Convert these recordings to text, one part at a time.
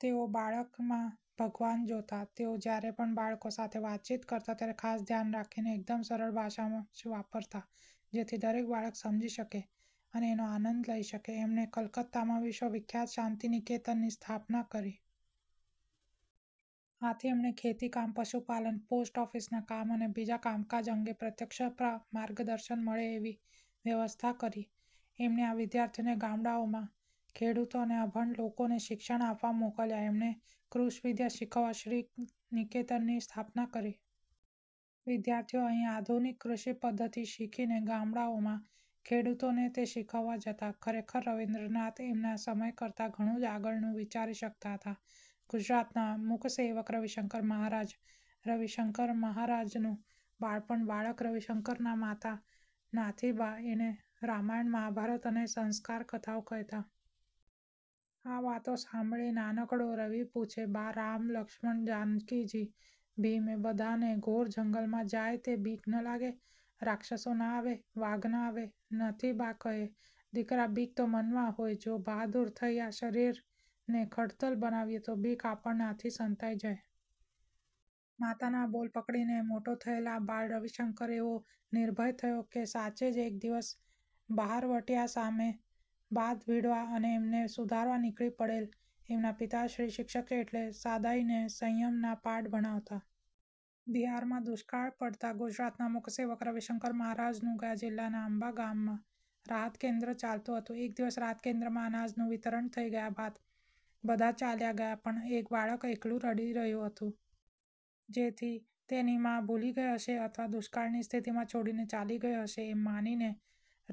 તેઓ બાળકમાં ભગવાન જોતા. તેઓ જયારે પણ બાળકો સાથે વાતચીત કરતા ત્યારે ખાસ ધ્યાન રાખીને એકદમ સરળ ભાષા જ વાપરતા જેથી દરેક બાળક સમજી શકે અને એનો આનંદ લઇ શકે. એમણે કલકત્તામાં વિશ્વવિખ્યાત શાંતિનિકેતનની સ્થાપના કરી. આથી એમણે ખેતીકામ, પશુપાલન, પોસ્ટ ઓફિસના કામ અને બીજા કામકાજ અંગે પ્રત્યક્ષ માર્ગદર્શન મળે એવી વ્યવસ્થા કરી. એમણે આ વિદ્યાર્થીઓને ગામડાંઓમાં ખેડૂતો અને અભણ લોકોને શિક્ષણ આપવા મોકલ્યા. એમણે કૃષિવિદ્યા શીખવવા શ્રીનિકેતનની સ્થાપના કરી. વિદ્યાર્થીઓ અહીં આધુનિક કૃષિ પદ્ધતિ શીખીને ગામડાંઓમાં ખેડૂતોને તે શીખવવા જતા. ખરેખર રવિન્દ્રનાથ એમના સમય કરતાં ઘણું જ આગળનું વિચારી શકતા હતા! ગુજરાતના મૂકસેવક રવિશંકર મહારાજ રવિશંકર મહારાજનું બાળપણ બાળક રવિશંકરના માતા નાથીબા એને રામાયણ, મહાભારત અને સંસ્કાર કથાઓ કહેતા. આ વાતો સાંભળી નાનકડો રવિ પૂછે,"બા, રામ, લક્ષ્મણ, જાનકીજી, ભીમ એ બધાને ઘોર જંગલમાં જાય તે બીક ના લાગે? રાક્ષસો ના આવે? વાઘ ના આવે? " નાથીબા કહે,"દીકરા બીક તો મનમાં હોય, જો બહાદૂર થઈ આ શરીરને ખડતલ બનાવીએ તો બીક આપણાથી સંતાઈ જાય. " માતાના આ બોલ પકડીને મોટો થયેલ આ બાળ રવિશંકર એવો નિર્ભય થયો કે, સાચે જ એક દિવસ બહારવટિયા સામે બાથ ભીડવા અને એમને સુધારવા નીકળી પડેલ. એમના પિતાશ્રી શિક્ષક એટલે સાદાઈ ને સંયમના પાઠ ભણાવતા. બિહારમાં દુષ્કાળ પડતાં ગુજરાતના મૂકસેવક રવિશંકર મહારાજ નું ગયા જિલ્લાના અંબા ગામમાં રાહતકેન્દ્ર ચાલતું હતું. એક દિવસ રાહતકેન્દ્રમાં અનાજનું વિતરણ થઇ ગયા બાદ બધા ચાલ્યા ગયાં પણ એક બાળક એકલું રડી રહ્યું હતું. જેથી તેની મા ભૂલી ગઇ હશે અથવા દુષ્કાળની સ્થિતિમાં છોડીને ચાલી ગઇ હશે એમ માનીને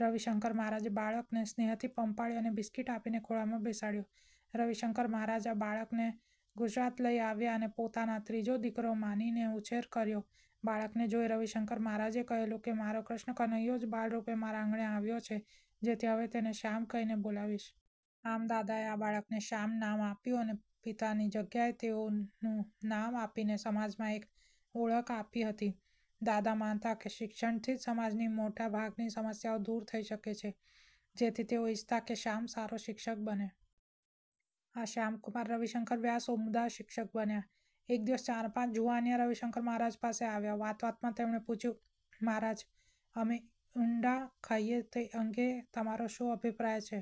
રવિશંકર મહારાજે બાળકને સ્નેહથી પંપાળ્યો અને બિસ્કિટ આપીને ખોળામાં બેસાડ્યો. રવિશંકર મહારાજ આ બાળકને ગુજરાત લઇ આવ્યા અને પોતાના ત્રીજો દિકરો માનીને ઉછેર કર્યો બાળકને જોઇને રવિશંકર મહારાજે કહેલું કે મારો કૃષ્ણકનૈયો જ બાળરૂપે મારે આંગણે આવ્યો છે જેથી હવે તેને શ્યામ કહીને બોલાવીશ. આમ દાદાએ આ બાળકને શ્યામ નામ આપ્યું અને પિતાની જગ્યાએ તેઓનું નામ આપીને સમાજમાં એક ઓળખ આપી હતી. દાદા માનતા કે શિક્ષણથી જ સમાજની મોટા ભાગની સમસ્યાઓ દૂર થઇ શકે છે. જેથી તેઓ ઇચ્છતા કે શ્યામ સારો શિક્ષક બને. આ શ્યામકુમાર રવિશંકર વ્યાસ ઉમદા શિક્ષક બન્યા. એક દિવસ ચાર-પાંચ જુવાનિયા રવિશંકર મહારાજ પાસે આવ્યા. વાતવાતમાં તેમણે પૂછ્યું: 'મહારાજ, અમે ઈંડાં ખાઈએ તે અંગે તમારો શો અભિપ્રાય છે?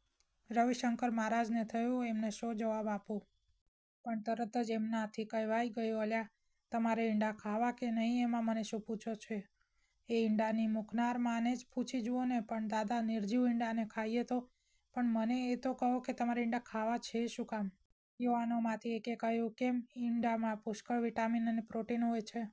' રવિશંકર મહારાજને થયું: 'એમને શો જવાબ આપું? પણ તરત જ એમનાથી કહેવાઈ ગયું: 'અલ્યા, તમારે ઈંડાં ખાવાં કે નહિ એમાં મને શું પૂછો છો? – એ ઈંડાંની મૂકનાર માને જ પૂછી જુવોને! ' 'પણ દાદા, નિર્જીવ ઈંડાં ખાઈએ તો? ' 'પણ, મને એ તો કહો કે તમારે ઈંડાં ખાવાં છે શું કામ? ' યુવાનોમાંથી એકે કહ્યું: 'કેમ? ઈંડાંમાં પુષ્કળ વિટામીન અને પ્રોટીન હોય છે.